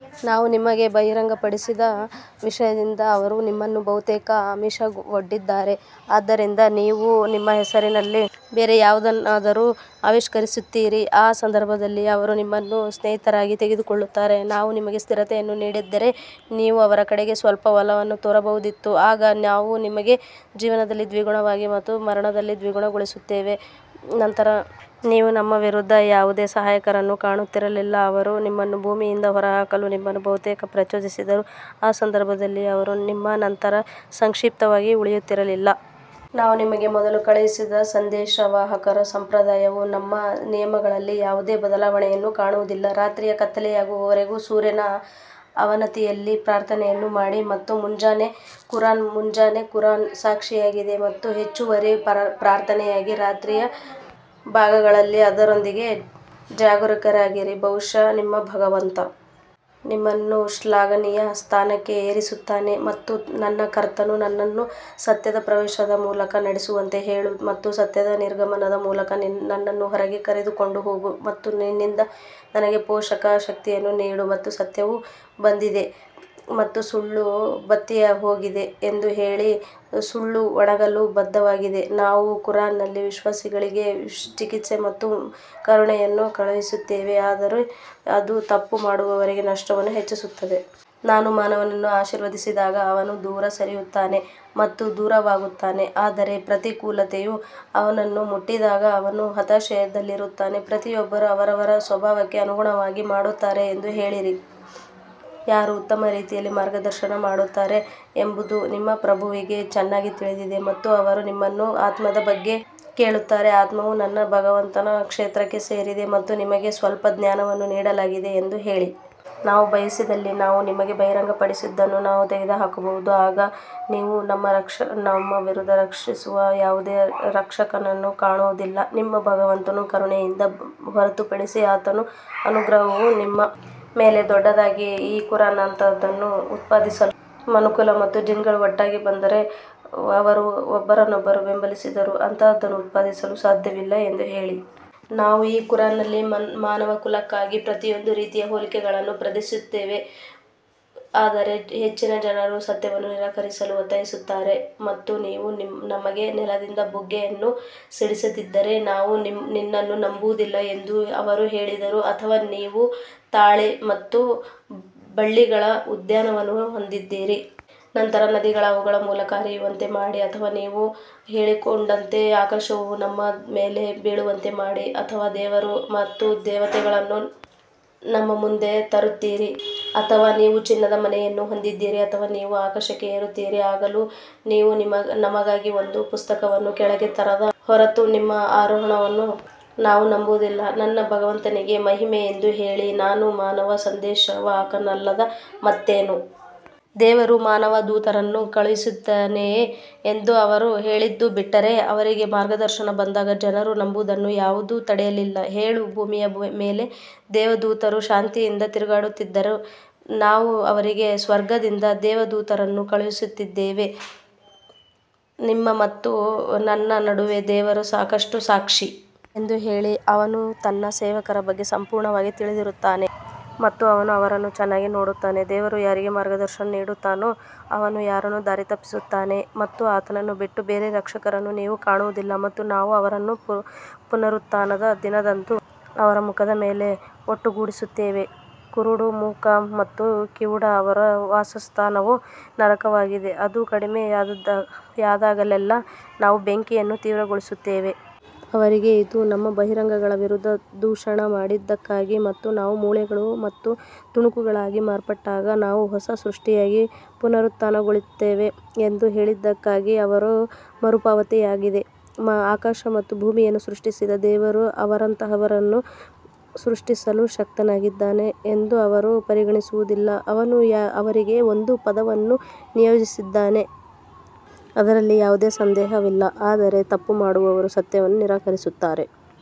ನಾವು ನಿಮಗೆ ಬಹಿರಂಗಪಡಿಸಿದ ವಿಷಯದಿಂದ ಅವರು ನಿಮ್ಮನ್ನು ಬಹುತೇಕ ಆಮಿಷವೊಡ್ಡಿದ್ದಾರೆ, ಆದ್ದರಿಂದ ನೀವು ನಮ್ಮ ಹೆಸರಿನಲ್ಲಿ ಬೇರೆ ಯಾವುದನ್ನಾದರೂ ಆವಿಷ್ಕರಿಸುತ್ತೀರಿ, ಆ ಸಂದರ್ಭದಲ್ಲಿ ಅವರು ನಿಮ್ಮನ್ನು ಸ್ನೇಹಿತರಾಗಿ ತೆಗೆದುಕೊಳ್ಳುತ್ತಾರೆ. ನಾವು ನಿಮಗೆ ಸ್ಥಿರತೆಯನ್ನು ನೀಡದಿದ್ದರೆ ನೀವು ಅವರ ಕಡೆಗೆ ಸ್ವಲ್ಪ ಒಲವನ್ನು ತೋರಬಹುದಿತ್ತು ಆಗ ನಾವು ನಿಮಗೆ ಜೀವನದಲ್ಲಿ ದ್ವಿಗುಣವಾಗಿ ಮತ್ತು ಮರಣದಲ್ಲಿ ದ್ವಿಗುಣಗೊಳಿಸುತ್ತಿದ್ದೆವು ನಂತರ ನೀವು ನಮ್ಮ ವಿರುದ್ಧ ಯಾವುದೇ ಸಹಾಯಕರನ್ನು ಕಾಣುತ್ತಿರಲಿಲ್ಲ ಅವರು ನಿಮ್ಮನ್ನು ಭೂಮಿಯಿಂದ ಹೊರಹಾಕಲು ನಿಮ್ಮನ್ನು ಬಹುತೇಕ ಪ್ರಚೋದಿಸಿದರು, ಆ ಸಂದರ್ಭದಲ್ಲಿ ಅವರು ನಿಮ್ಮ ನಂತರ ಸಂಕ್ಷಿಪ್ತವಾಗಿ ಉಳಿಯುತ್ತಿರಲಿಲ್ಲ. ನಾವು ನಿಮಗೆ ಮೊದಲು ಕಳುಹಿಸಿದ ಸಂದೇಶವಾಹಕರ ಸಂಪ್ರದಾಯವು ನಮ್ಮ ನಿಯಮಗಳಲ್ಲಿ ಯಾವುದೇ ಬದಲಾವಣೆಯನ್ನು ಕಾಣುವುದಿಲ್ಲ ರಾತ್ರಿಯ ಕತ್ತಲೆಯಾಗುವವರೆಗೆ ಸೂರ್ಯನ ಅವನತಿಯಲ್ಲಿ ಪ್ರಾರ್ಥನೆಯನ್ನು ಮಾಡಿ ಮತ್ತು ಮುಂಜಾನೆ ಕುರಾನ್ ಮುಂಜಾನೆ ಕುರಾನ್ ಸಾಕ್ಷಿಯಾಗಿದೆ ಮತ್ತು ಹೆಚ್ಚುವರಿ ಪ್ರಾರ್ಥನೆಯಾಗಿ ರಾತ್ರಿಯ ಭಾಗಗಳಲ್ಲಿ ಅದರೊಂದಿಗೆ ಜಾಗರೂಕರಾಗಿರಿ ಬಹುಶಃ ನಿಮ್ಮ ಭಗವಂತ ನಿಮ್ಮನ್ನು ಶ್ಲಾಘನೀಯ ಸ್ಥಾನಕ್ಕೆ ಏರಿಸುತ್ತಾನೆ ಮತ್ತು ನನ್ನ ಕರ್ತನು ನನ್ನನ್ನು ಸತ್ಯದ ಪ್ರವೇಶದ ಮೂಲಕ ನಡೆಸುವಂತೆ ಹೇಳು ಮತ್ತು ಸತ್ಯದ ನಿರ್ಗಮನದ ಮೂಲಕ ನನ್ನನ್ನು ಹೊರಗೆ ಕರೆದುಕೊಂಡು ಹೋಗು ಮತ್ತು ನಿನ್ನಿಂದ ನನಗೆ ಪೋಷಕ ಶಕ್ತಿಯನ್ನು ನೀಡು ಮತ್ತು ಸತ್ಯವು ಬಂದಿದೆ ಮತ್ತು ಸುಳ್ಳು ಬತ್ತಿಹೋಗಿದೆ ಎಂದು ಹೇಳಿ, ಸುಳ್ಳು ಒಣಗಲು ಬದ್ಧವಾಗಿದೆ ನಾವು ಕುರಾನ್ನಲ್ಲಿ ವಿಶ್ವಾಸಿಗಳಿಗೆ ಚಿಕಿತ್ಸೆ ಮತ್ತು ಕರುಣೆಯನ್ನು ಕಳುಹಿಸುತ್ತೇವೆ ಆದರೆ ಅದು ತಪ್ಪು ಮಾಡುವವರಿಗೆ ನಷ್ಟವನ್ನು ಹೆಚ್ಚಿಸುತ್ತದೆ. ನಾವು ಮಾನವನನ್ನು ಆಶೀರ್ವದಿಸಿದಾಗ ಅವನು ದೂರ ಸರಿಯುತ್ತಾನೆ ಮತ್ತು ದೂರವಾಗುತ್ತಾನೆ ಆದರೆ ಪ್ರತಿಕೂಲತೆಯು ಅವನನ್ನು ಮುಟ್ಟಿದಾಗ ಅವನು ಹತಾಶೆಯಲ್ಲಿರುತ್ತಾನೆ ಪ್ರತಿಯೊಬ್ಬರೂ ಅವರವರ ಸ್ವಭಾವಕ್ಕೆ ಅನುಗುಣವಾಗಿ ಮಾಡುತ್ತಾರೆ ಎಂದು ಹೇಳಿರಿ, ಯಾರು ಉತ್ತಮ ರೀತಿಯಲ್ಲಿ ಮಾರ್ಗದರ್ಶನ ಮಾಡುತ್ತಾರೆ ಎಂಬುದು ನಿಮ್ಮ ಪ್ರಭುವಿಗೆ ಚೆನ್ನಾಗಿ ತಿಳಿದಿದೆ ಮತ್ತು ಅವರು ನಿಮ್ಮನ್ನು ಆತ್ಮದ ಬಗ್ಗೆ ಕೇಳುತ್ತಾರೆ, ಆತ್ಮವು ನನ್ನ ಭಗವಂತನ ಕ್ಷೇತ್ರಕ್ಕೆ ಸೇರಿದೆ ಮತ್ತು ನಿಮಗೆ ಸ್ವಲ್ಪ ಜ್ಞಾನವನ್ನು ನೀಡಲಾಗಿದೆ ಎಂದು ಹೇಳಿ. ನಾವು ಬಯಸಿದಲ್ಲಿ ನಾವು ನಿಮಗೆ ಬಹಿರಂಗಪಡಿಸಿದ್ದನ್ನು ನಾವು ತೆಗೆದುಹಾಕಬಹುದು, ಆಗ ನೀವು ನಮ್ಮ ವಿರುದ್ಧ ರಕ್ಷಿಸುವ ಯಾವುದೇ ರಕ್ಷಕನನ್ನು ಕಾಣುವುದಿಲ್ಲ ನಿಮ್ಮ ಭಗವಂತನ ಕರುಣೆಯಿಂದ ಹೊರತುಪಡಿಸಿ ಆತನ ಅನುಗ್ರಹವು ನಿಮ್ಮ ಮೇಲೆ ದೊಡ್ಡದಾಗಿದೆ ಈ ಖುರಾನ್ನಂತಹದನ್ನು ಉತ್ಪಾದಿಸಲು ಮನುಕುಲ ಮತ್ತು ಜಿನ್ಗಳು ಒಟ್ಟಾಗಿ ಬಂದರೆ ಅವರು ಒಬ್ಬರನ್ನೊಬ್ಬರು ಬೆಂಬಲಿಸಿದರೂ ಅಂತಹದನ್ನು ಉತ್ಪಾದಿಸಲು ಸಾಧ್ಯವಿಲ್ಲ ಎಂದು ಹೇಳಿ. ನಾವು ಈ ಕುರಾನ್ನಲ್ಲಿ ಮಾನವಕುಲಕ್ಕಾಗಿ ಪ್ರತಿಯೊಂದು ರೀತಿಯ ಹೋಲಿಕೆಗಳನ್ನು ಪ್ರದರ್ಶಿಸಿದ್ದೇವೆ ಆದರೆ ಹೆಚ್ಚಿನ ಜನರು ಸತ್ಯವನ್ನು ನಿರಾಕರಿಸಲು ಒತ್ತಾಯಿಸುತ್ತಾರೆ ಮತ್ತು ನೀವು ನಮಗೆ ನೆಲದಿಂದ ಬುಗ್ಗೆಯನ್ನು ಸಿಡಿಸದಿದ್ದರೆ ನಾವು ನಿನ್ನನ್ನು ನಂಬುವುದಿಲ್ಲ ಎಂದು ಅವರು ಹೇಳಿದರು ಅಥವಾ ನೀವು ತಾಳೆ ಮತ್ತು ಬಳ್ಳಿಗಳ ಉದ್ಯಾನವನ್ನು ಹೊಂದಿದ್ದೀರಿ ನಂತರ ನದಿಗಳು ಅವುಗಳ ಮೂಲಕ ಹರಿಯುವಂತೆ ಮಾಡಿ ಅಥವಾ ನೀವು ಹೇಳಿಕೊಂಡಂತೆ ಆಕಾಶವು ನಮ್ಮ ಮೇಲೆ ಬೀಳುವಂತೆ ಮಾಡಿ ಅಥವಾ ದೇವರು ಮತ್ತು ದೇವತೆಗಳನ್ನು ನಮ್ಮ ಮುಂದೆ ತರುತ್ತೀರಿ ಅಥವಾ ನೀವು ಚಿನ್ನದ ಮನೆಯನ್ನು ಹೊಂದಿದ್ದೀರಿ ಅಥವಾ ನೀವು ಆಕಾಶಕ್ಕೆ ಏರುತ್ತೀರಿ ಆಗಲೂ ನೀವು ನಮಗಾಗಿ ಒಂದು ಪುಸ್ತಕವನ್ನು ಕೆಳಗೆ ತರದ ಹೊರತು ನಿಮ್ಮ ಆರೋಹಣವನ್ನು ನಾವು ನಂಬುವುದಿಲ್ಲ, ನನ್ನ ಭಗವಂತನಿಗೆ ಮಹಿಮೆ ಎಂದು ಹೇಳಿ ನಾನು ಮಾನವ ಸಂದೇಶವಾಹಕನಲ್ಲದೆ ಮತ್ತೇನು? ದೇವರು ಮಾನವ ದೂತರನ್ನು ಕಳುಹಿಸಿದ್ದಾನೆಯೇ ಎಂದು ಅವರು ಹೇಳಿದ್ದು ಬಿಟ್ಟರೆ, ಅವರಿಗೆ ಮಾರ್ಗದರ್ಶನ ಬಂದಾಗ ಜನರು ನಂಬುವುದನ್ನು ಯಾವುದೂ ತಡೆಯಲಿಲ್ಲ. ಹೇಳು ಭೂಮಿಯ ಮೇಲೆ ದೇವದೂತರು ಶಾಂತಿಯಿಂದ ತಿರುಗಾಡುತ್ತಿದ್ದರೆ ನಾವು ಅವರಿಗೆ ಸ್ವರ್ಗದಿಂದ ದೇವದೂತರನ್ನು ಕಳುಹಿಸುತ್ತಿದ್ದೆವು. ನಿಮ್ಮ ಮತ್ತು ನನ್ನ ನಡುವೆ ದೇವರು ಸಾಕಷ್ಟು ಸಾಕ್ಷಿ ಎಂದು ಹೇಳಿ, ಅವನು ತನ್ನ ಸೇವಕರ ಬಗ್ಗೆ ಸಂಪೂರ್ಣವಾಗಿ ತಿಳಿದಿರುತ್ತಾನೆ ಮತ್ತು ಅವನು ಅವರನ್ನು ಚೆನ್ನಾಗಿ ನೋಡುತ್ತಾನೆ ದೇವರು ಯಾರಿಗೆ ಮಾರ್ಗದರ್ಶನ ನೀಡುತ್ತಾನೋ ಅವನು ಯಾರನ್ನು ದಾರಿತಪ್ಪಿಸುತ್ತಾನೆ ಮತ್ತು ಆತನನ್ನು ಬಿಟ್ಟು ಬೇರೆ ರಕ್ಷಕರನ್ನು ನೀವು ಕಾಣುವುದಿಲ್ಲ ಮತ್ತು ನಾವು ಅವರನ್ನು ಪುನರುತ್ಥಾನದ ದಿನದಂದು ಅವರ ಮುಖದ ಮೇಲೆ ಒಟ್ಟುಗೂಡಿಸುತ್ತೇವೆ ಕುರುಡು ಮೂಕ ಮತ್ತು ಕಿವುಡ ಅವರ ವಾಸಸ್ಥಾನವು ನರಕವಾಗಿದೆ ಅದು ಕಡಿಮೆಯಾದಾಗಲೆಲ್ಲಾ ನಾವು ಬೆಂಕಿಯನ್ನು ತೀವ್ರಗೊಳಿಸುತ್ತೇವೆ. ಅವರಿಗೆ ಇದು ನಮ್ಮ ಬಹಿರಂಗಗಳ ವಿರುದ್ಧ ದೂಷಣೆ ಮಾಡಿದ್ದಕ್ಕಾಗಿ ಮತ್ತು ನಾವು ಮೂಳೆಗಳು ಮತ್ತು ತುಣುಕುಗಳಾಗಿ ಮಾರ್ಪಟ್ಟಾಗ ನಾವು ಹೊಸ ಸೃಷ್ಟಿಯಾಗಿ ಪುನರುತ್ಥಾನಗೊಳ್ಳುತ್ತೇವೆ ಎಂದು ಹೇಳಿದ್ದಕ್ಕಾಗಿ ಅವರ ಮರುಪಾವತಿಯಾಗಿದೆ. ಆಕಾಶ ಮತ್ತು ಭೂಮಿಯನ್ನು ಸೃಷ್ಟಿಸಿದ ದೇವರು ಅವರಂತಹವರನ್ನು ಸೃಷ್ಟಿಸಲು ಶಕ್ತನಾಗಿದ್ದಾನೆ ಎಂದು ಅವರು ಪರಿಗಣಿಸುವುದಿಲ್ಲ, ಅವನು ಅವರಿಗೆ ಒಂದು ಪದವನ್ನು ನಿಯೋಜಿಸಿದ್ದಾನೆ ಅದರಲ್ಲಿ ಯಾವುದೇ ಸಂದೇಹವಿಲ್ಲ ಆದರೆ ತಪ್ಪು ಮಾಡುವವರು ಸತ್ಯವನ್ನು ನಿರಾಕರಿಸುತ್ತಾರೆ.